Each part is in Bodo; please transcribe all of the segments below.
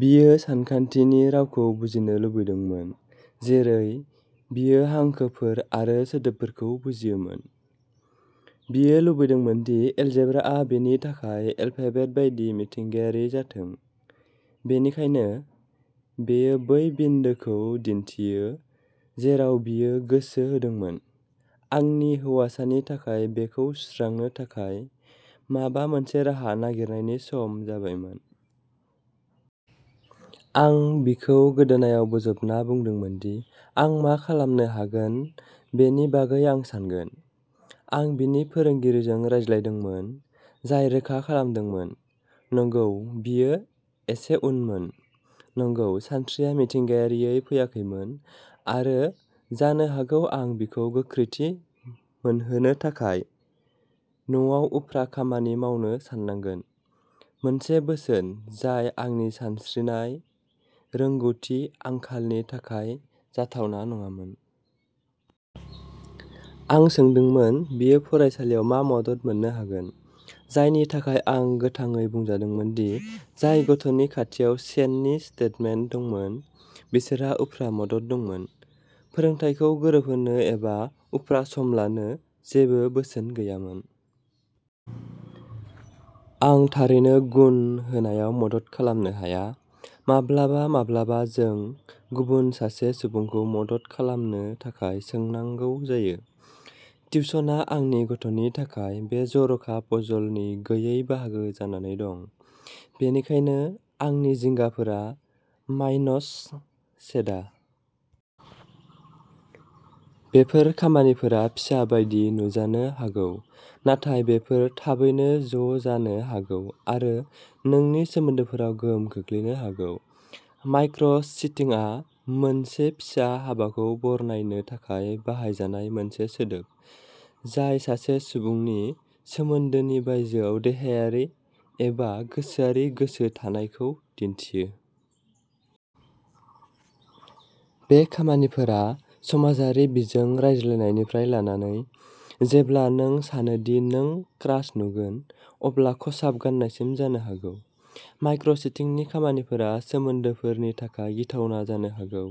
बियो सानखान्थिनि रावखौ बुजिनो लुबैदोंमोन जेरै बियो हांखोफोर आरो सोदोबफोरखौ बुजियोमोन। बियो लुबैदोंमोन दि एलजेब्राआ बिनि थाखाय एलफेबेट बायदि मिथिंगायारि जाथों! बेनिखायनो, बेयो बै बिन्दोखौ दिन्थियो जेराव बियो गोसो होदोंमोन। आंनि हौवासानि थाखाय बेखौ सुस्रांनो थाखाय माबा मोनसे राहा नागिरनायनि सम जाबायमोन। आं बिखौ गोदोनायाव बोजबना बुंदोंमोन दि आं मा खालामनो हागोन बेनि बागै आं सानगोन। आं बिनि फोरोंगिरिजों रायज्लायदोंमोन, जाय रोखा खालामदोंमोन, नंगौ बियो एसे उनमोन, नंगौ सानस्रिया मिथिंगायारियै फैयाखैमोन आरो जानो हागौ आं बिखौ गोख्रैथि मोनहोनो थाखाय न'आव उफ्रा खामानि मावनो साननांगोन; मोनसे बोसोन जाय आंनि सानस्रिनाय रोंग'थिनि आंखालनि थाखाय जाथावना नङामोन। आं सोंदोंमोन बियो फरायसालियाव मा मदद मोन्नो हागोन, जायनि थाखाय आं गोथाङै बुंजादोंमोन दि जाय गथ'फोरनि खाथियाव सेननि स्टेटमेन्ट दंमोन बिसोरहा उफ्रा मदद दंमोन। फोरोंथायखौ गोरोबहोनो एबा उफ्रा सम लानो जेबो बोसोन गैयामोन। आं थारैनो गुन होनायाव मदद खालामनो हाया! माब्लाबा माब्लाबा जों गुबुन सासे सुबुंखौ मदद खालामनो थाखाय सोंनांगौ जायो। टिउशनआ आंनि गथ'नि थाखाय बे जर'खा पजलनि गैयै बाहागो जानानै दं। बेनिखायनो आंनि जिंगाफोरा माइनस सेदा! बेफोर खामानिफोरा फिसा बायदि नुजानो हागौ-नाथाय बेफोर थाबैनो ज'जानो हागौ आरो नोंनि सोमोन्दोफोराव गोहोम खोख्लैनो हागौ। माइक्र'- चिटिंआ मोनसे फिसा हाबाखौ बरनायनो थाखाय बाहायजानाय मोनसे सोदोब जाय सासे सुबुंनि सोमोन्दोनि बायजोआव देहायारि एबा गोसोआरि गोसो थानायखौ दिन्थियो। बे खामानिफोरा समाजारि बिजों रायज्लायनायनिफ्राय लानानै जेब्ला नों सानो दि नों क्रास नुगोन अब्ला खसाब गान्नायसिम जानो हागौ। माइक्र'- चिटिंनि खामानिफोरा सोमोन्दोफोरनि थाखाय गिथावना जानो हागौ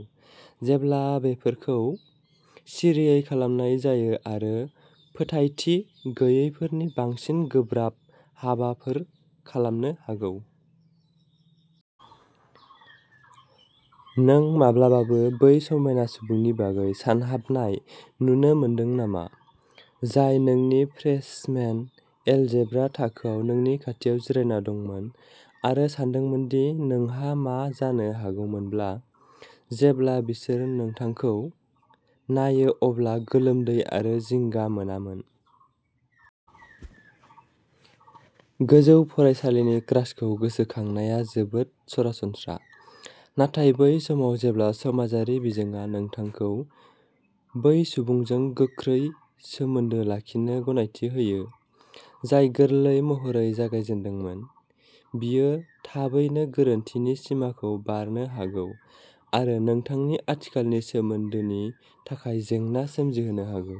जेब्ला बेफोरखौ सिरियै खालामनाय जायो आरो फोथायथि गैयैफोरनि बांसिन गोब्राब हाबाफोर खालामनो हागौ। नों माब्लाबाबो बै समायना सुबुंनि बागै सानहाबनाय नुनो मोनदों नामा, जाय नोंनि फ्रेशमेन एलजेब्रा थाखोआव नोंनि खाथियाव जिरायना दंमोन आरो सानदोंमोन दि नोंहा मा जानो हागौमोनब्ला? जेब्ला बिसोर नोंथांखौ नायो अब्ला गोलोमदै आरो जिंगा मोनामोन? गोजौ फरायसालिनि क्रासखौ गोसोखांनाया जोबोद सरासनस्रा, नाथाय बै समाव जेब्ला समाजारि बिजोङा नोंथांखौ बै सुबुंजों गोख्रै सोमोन्दो लाखिनो गनायथि होयो, जाय गोरलै महरै जागायजेन्दोंमोन, बियो थाबैनो गोरोन्थिनि सिमाखौ बारनो हागौ आरो नोंथांनि आथिखालनि सोमोन्दोनि थाखाय जेंना सोमजिहोनो हागौ।